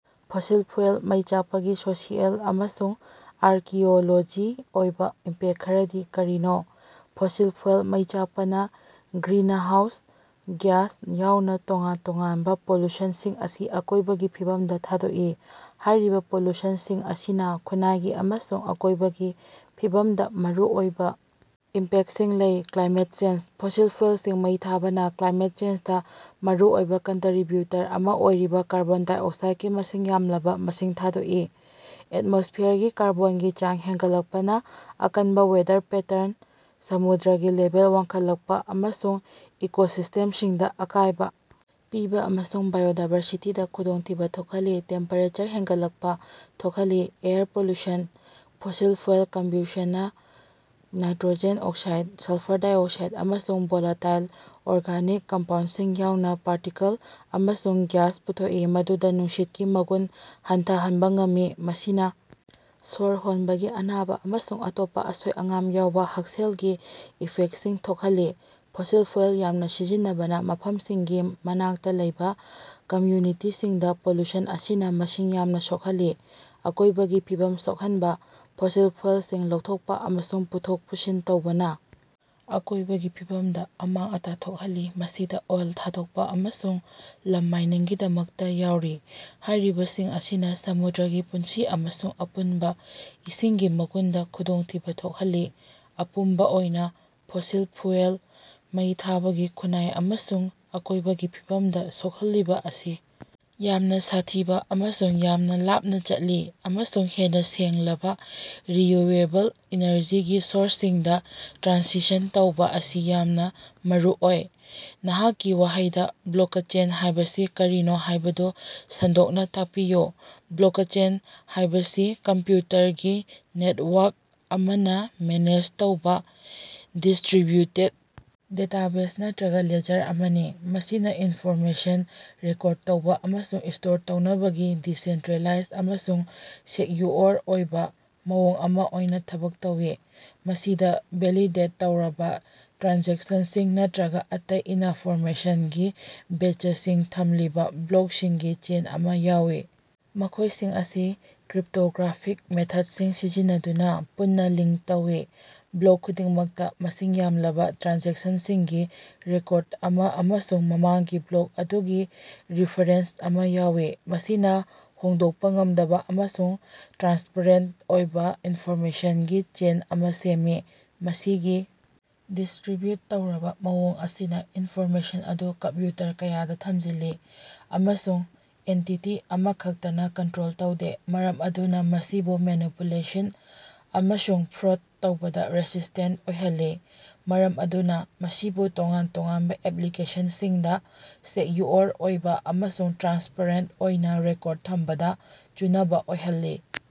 Fossil fuel ꯃꯩ ꯆꯥꯛꯄꯒꯤ social ꯑꯃꯁꯨꯡ ꯑꯥꯔꯀ꯭ꯌꯣꯂꯣꯖꯤꯒꯤ ꯑꯣꯏꯕꯥ ꯏꯝꯄꯦꯛ ꯈꯔꯗꯤ ꯀꯔꯤꯅꯣ? ꯐꯣꯁꯤꯜ ꯐ꯭ꯌꯨꯑꯦꯜ ꯃꯩ ꯆꯥꯛꯄꯅ ꯒ꯭ꯔꯤꯅꯍꯥꯎꯁ ꯒ꯭ꯌꯥꯁ ꯌꯥꯎꯅ ꯇꯣꯉꯥꯟ ꯇꯣꯉꯥꯟꯕ ꯄꯣꯂꯨꯁꯟꯁꯤꯡ ꯑꯁꯤ ꯑꯀꯣꯏꯕꯒꯤ ꯐꯤꯕꯝꯗ ꯊꯥꯗꯣꯛꯏ꯫ ꯍꯥꯏꯔꯤꯕ ꯄꯣꯂꯨꯁꯟꯁꯤꯡ ꯑꯁꯤꯅ ꯈꯨꯟꯅꯥꯏꯒꯤ ꯑꯃꯁꯨꯡ ꯑꯀꯣꯏꯕꯒꯤ ꯐꯤꯕꯝꯗ ꯃꯔꯨꯑꯣꯏꯕ ꯏꯝꯄꯦꯛꯇꯁꯤꯡ ꯂꯩ꯫ ꯀ꯭ꯂꯥꯏꯃꯦꯠ ꯆꯦꯟꯖ: ꯐꯣꯁꯤꯜ ꯐ꯭ꯌꯨꯑꯦꯜꯁꯤꯡ ꯃꯩ ꯊꯥꯕꯅ ꯀ꯭ꯂꯥꯏꯃꯦꯠ ꯆꯦꯟꯖꯗ ꯃꯔꯨꯑꯣꯏꯕ ꯀꯟꯇꯔꯤꯕ꯭ꯌꯨꯇꯔ ꯑꯃꯥ ꯑꯣꯏꯔꯤꯕꯥ ꯀꯥꯔꯕꯣꯟ ꯗꯥꯏꯑꯣꯛꯁꯥꯏꯗꯀꯤ ꯃꯁꯤꯡ ꯌꯥꯝꯂꯕ ꯃꯁꯤꯡ ꯊꯥꯗꯣꯛꯏ꯫ ꯑꯦꯠꯃꯣꯁ꯭ꯐꯤꯌꯔꯒꯤ ꯀꯥꯔꯕꯣꯟꯒꯤ ꯆꯥꯡ ꯍꯦꯟꯒꯠꯂꯛꯄꯅ ꯑꯀꯟꯕ ꯋꯦꯗꯔ ꯄꯦꯇ꯭ꯔꯟ, ꯁꯃꯨꯗ꯭ꯔꯒꯤ ꯂꯦꯚꯦꯜ ꯋꯥꯡꯈꯠꯂꯛꯄ ꯑꯃꯁꯨꯡ ꯏꯀꯣꯁꯤꯁ꯭ꯇꯦꯝꯁꯤꯡꯗ ꯑꯀꯥꯏꯕ ꯄꯤꯕ ꯑꯃꯁꯨꯡ ꯕꯥꯏꯑꯣꯗꯥꯏꯕꯔꯁꯤꯇꯤꯗ ꯈꯨꯗꯣꯡꯊꯤꯕ ꯊꯣꯛꯍꯜꯂꯤꯕ ꯇꯦꯝꯄꯦꯔꯦꯆꯔ ꯍꯦꯟꯒꯠꯂꯛꯄ ꯊꯣꯛꯍꯜꯂꯤ꯫ ꯑꯦꯌꯔ ꯄꯣꯂꯨꯁꯟ: ꯐꯣꯁꯤꯜ ꯐ꯭ꯌꯨꯑꯦꯜ ꯀꯝꯕ꯭ꯌꯨꯁꯟꯅ ꯅꯥꯏꯠꯇ꯭ꯔꯣꯖꯦꯟ ꯑꯣꯛꯁꯥꯏꯗ, ꯁꯜꯐ꯭ꯔ ꯗꯥꯏꯑꯣꯛꯁꯥꯏꯗ, ꯑꯃꯁꯨꯡ ꯕꯣꯂꯥꯇꯥꯏꯜ ꯑꯣꯔꯒꯥꯅꯤꯛ ꯀꯝꯄꯥꯎꯟꯗꯁꯤꯡ ꯌꯥꯎꯅ ꯄꯥꯔꯇꯤꯀꯜ ꯑꯃꯁꯨꯡ ꯒ꯭ꯌꯥꯁ ꯄꯨꯊꯣꯛꯏ ꯫ ꯃꯗꯨꯅ ꯅꯨꯡꯁꯤꯠꯀꯤ ꯃꯒꯨꯟ ꯍꯟꯊꯍꯟꯕꯥ ꯉꯝꯃꯤ꯫ ꯃꯁꯤꯅ ꯁꯣꯔ ꯍꯣꯟꯕꯒꯤ ꯑꯅꯥꯕ ꯑꯃꯁꯨꯡ ꯑꯇꯣꯞꯄ ꯑꯁꯣꯏ-ꯑꯉꯥꯝ ꯌꯥꯎꯕ ꯍꯛꯁꯦꯜꯒꯤ ꯏꯐꯦꯛꯇꯁꯤꯡ ꯊꯣꯛꯍꯜꯂꯤ꯫ ꯐꯣꯁꯤꯜ ꯐ꯭ꯌꯨꯑꯦꯜ ꯌꯥꯝꯅ ꯁꯤꯖꯤꯟꯅꯕ ꯃꯐꯝꯁꯤꯡꯒꯤ ꯃꯅꯥꯛꯇꯥ ꯂꯩꯕ ꯀꯝꯌꯨꯅꯤꯇꯤꯁꯤꯡꯗꯥ ꯄꯣꯂꯨꯁꯟ ꯑꯁꯤꯅꯥ ꯃꯁꯤꯡ ꯌꯥꯝꯅ ꯁꯣꯛꯍꯜꯂꯤ꯫ ꯑꯀꯣꯏꯕꯒꯤ ꯐꯤꯕꯝ ꯁꯣꯛꯍꯟꯕꯥ: ꯐꯣꯁꯤꯜ ꯐ꯭ꯌꯨꯑꯦꯂꯁꯤꯡ ꯂꯧꯊꯣꯛꯄ ꯑꯃꯁꯨꯡ ꯄꯨꯊꯣꯛ ꯄꯨꯁꯤꯟ ꯇꯧꯕꯅ ꯑꯀꯣꯏꯕꯒꯤ ꯐꯤꯕꯝꯗ ꯑꯃꯥꯡ-ꯑꯇꯥ ꯊꯣꯛꯍꯜꯂꯤ꯫ ꯃꯁꯤꯗ ꯑꯣꯏꯜ ꯊꯥꯗꯣꯛꯄ ꯑꯃꯁꯨꯡ ꯂꯝ ꯃꯥꯏꯅꯤꯡꯒꯤꯗꯃꯛꯇ ꯌꯥꯎꯔꯤ꯫ ꯍꯥꯏꯔꯤꯕꯁꯤꯡ ꯑꯁꯤꯅ ꯁꯃꯨꯗ꯭ꯔꯒꯤ ꯄꯨꯟꯁꯤ ꯑꯃꯁꯨꯡ ꯑꯄꯨꯟꯕ ꯏꯁꯤꯡꯒꯤ ꯃꯒꯨꯟꯗ ꯈꯨꯗꯣꯡꯊꯤꯕ ꯊꯣꯛꯍꯜꯂꯤ꯫ ꯑꯄꯨꯟꯕ ꯑꯣꯏꯅ ꯐꯣꯁꯤꯜ ꯐ꯭ꯌꯨꯑꯦꯜ ꯃꯩ ꯊꯥꯕꯒꯤ ꯈꯨꯟꯅꯥꯏ ꯑꯃꯁꯨꯡ ꯑꯀꯣꯏꯕꯒꯤ ꯐꯤꯕꯝꯗ ꯁꯣꯛꯍꯜꯂꯤꯕ ꯑꯁꯤ ꯌꯥꯝꯅ ꯁꯥꯊꯤꯕ ꯑꯃꯁꯨꯡ ꯌꯥꯝꯅ ꯂꯥꯞꯅ ꯆꯠꯂꯤ ꯑꯃꯁꯨꯡ ꯍꯦꯟꯅ ꯁꯦꯡꯂꯕ ꯔꯤꯟꯌꯨꯑꯦꯕꯜ ꯏꯅꯔꯖꯤꯒꯤ ꯁꯣꯔꯁꯁꯤꯡꯗ ꯇ꯭ꯔꯥꯟꯁꯤꯁꯟ ꯇꯧꯕ ꯑꯁꯤ ꯌꯥꯝꯅ ꯃꯔꯨꯑꯣꯏ꯫ ꯅꯍꯥꯛꯀꯤ ꯋꯥꯍꯩꯗ ꯕ꯭ꯂꯣꯀꯆꯦꯟ ꯍꯥꯏꯕꯁꯤ ꯀꯔꯤꯅꯣ ꯍꯥꯏꯕꯗꯨ ꯁꯟꯗꯣꯛꯅ ꯇꯥꯛꯄꯤꯌꯨ꯫ ꯕ꯭ꯂꯣꯀꯆꯦꯟ ꯍꯥꯌꯕꯁꯤ ꯀꯝꯄ꯭ꯌꯨꯇꯔꯒꯤ ꯅꯦꯇꯋꯥꯔꯛ ꯑꯃꯅ ꯃꯦꯅꯦꯖ ꯇꯧꯕ ꯗꯤꯁ꯭ꯇꯔꯤꯕ꯭ꯌꯨꯇꯦꯗ ꯗꯦꯇꯥꯕꯦꯖ ꯅꯠꯇ꯭ꯔꯒ ꯂꯦꯖꯔ ꯑꯃꯅꯤ꯫ ꯃꯁꯤꯅ ꯏꯟꯐꯣꯔꯃꯦꯁꯟ ꯔꯦꯀꯣꯔꯗ ꯇꯧꯕ ꯑꯃꯁꯨꯡ ꯁ꯭ꯇꯣꯔ ꯇꯧꯅꯕꯒꯤ ꯗꯤꯁꯦꯟꯇ꯭ꯔꯦꯂꯥꯏꯖ ꯑꯃꯁꯨꯡ ꯁꯦꯛꯌꯨꯑꯣꯔ ꯑꯣꯏꯕ ꯃꯑꯣꯡ ꯑꯃ ꯑꯣꯏꯅ ꯊꯕꯛ ꯇꯧꯏ꯫ ꯃꯁꯤꯗ ꯚꯦꯂꯤꯗꯦꯠ ꯇꯧꯔꯕ ꯇ꯭ꯔꯥꯟꯖꯦꯛꯁꯟꯁꯤꯡ ꯅꯠꯇ꯭ꯔꯒ ꯑꯇꯩ ꯏꯅꯐꯣꯔꯃꯦꯁꯟꯒꯤ ꯕꯦꯆꯁꯤꯡ ꯊꯝꯂꯤꯕ ꯕ꯭ꯂꯣꯛꯁꯤꯡꯒꯤ ꯆꯦꯟ ꯑꯃ ꯌꯥꯎꯏ꯫ ꯃꯈꯣꯏꯁꯤꯡ ꯑꯁꯤ ꯀ꯭ꯔꯤꯞꯇꯣꯒ꯭ꯔꯥꯐꯤꯛ ꯃꯦꯊꯗꯁꯤꯡ ꯁꯤꯖꯤꯟꯅꯗꯨꯅ ꯄꯨꯟꯅ ꯂꯤꯡ ꯇꯧꯏ꯫ ꯕ꯭ꯂꯣꯛ ꯈꯨꯗꯤꯡꯃꯛꯇ ꯃꯁꯤꯡ ꯌꯥꯝꯂꯕꯥ ꯇ꯭ꯔꯥꯟꯖꯦꯛꯁꯟꯁꯤꯡꯒꯤ ꯔꯦꯀꯣꯔꯗ ꯑꯃ ꯑꯃꯁꯨꯡ ꯃꯃꯥꯡꯒꯤ ꯕ꯭ꯂꯣꯛ ꯑꯗꯨꯒꯤ ꯔꯤꯐꯔꯦꯟꯁ ꯑꯃ ꯌꯥꯎꯏ꯫ ꯃꯁꯤꯅ ꯍꯣꯡꯗꯣꯛꯄ ꯉꯝꯗꯕ ꯑꯃꯁꯨꯡ ꯇ꯭ꯔꯥꯟꯁꯄꯔꯦꯟꯇ ꯑꯣꯏꯕ ꯏꯟꯐꯣꯔꯃꯦꯁꯟꯒꯤ ꯆꯦꯟ ꯑꯃ ꯁꯦꯝꯃꯤ꯫ ꯃꯁꯤꯒꯤ ꯗꯤꯁ꯭ꯇꯔꯤꯕ꯭ꯌꯨꯠ ꯇꯧꯔꯕ ꯃꯑꯣꯡ ꯑꯁꯤꯅ ꯏꯟꯐꯣꯔꯃꯦꯁꯟ ꯑꯗꯨ ꯀꯝꯞꯌꯨꯇꯔ ꯀꯌꯥꯗ ꯊꯝꯖꯤꯜꯂꯤ꯫ ꯑꯃꯁꯨꯡ ꯑꯦꯟꯇꯤꯇꯤ ꯑꯃꯈꯛꯇꯅ ꯀꯟꯇ꯭ꯔꯣꯜ ꯇꯧꯗꯦ꯫ ꯃꯔꯝ ꯑꯗꯨꯅ ꯃꯁꯤꯕꯨ ꯃꯦꯅꯤꯄꯨꯂꯦꯁꯟ ꯑꯃꯁꯨꯡ ꯐ꯭ꯔꯣꯗ ꯇꯧꯕꯗ ꯔꯦꯁꯤꯁ꯭ꯇꯦꯟꯇ ꯑꯣꯏꯍꯜꯂꯤ꯫ ꯃꯔꯝ ꯑꯗꯨꯅ ꯃꯁꯤꯕꯨ ꯇꯣꯉꯥꯟ-ꯇꯣꯉꯥꯟꯕ ꯑꯦꯞꯂꯤꯀꯦꯁꯟꯁꯤꯡꯗ ꯁꯦꯛꯌꯨꯑꯣꯔ ꯑꯣꯏꯕꯥ ꯑꯃꯁꯨꯡ ꯇ꯭ꯔꯥꯟꯁꯄꯔꯦꯟꯇ ꯑꯣꯏꯅ ꯔꯦꯀꯣꯔꯗ ꯊꯝꯕꯗꯥ ꯆꯨꯟꯅꯕ ꯑꯣꯏꯍꯜꯂꯤ꯫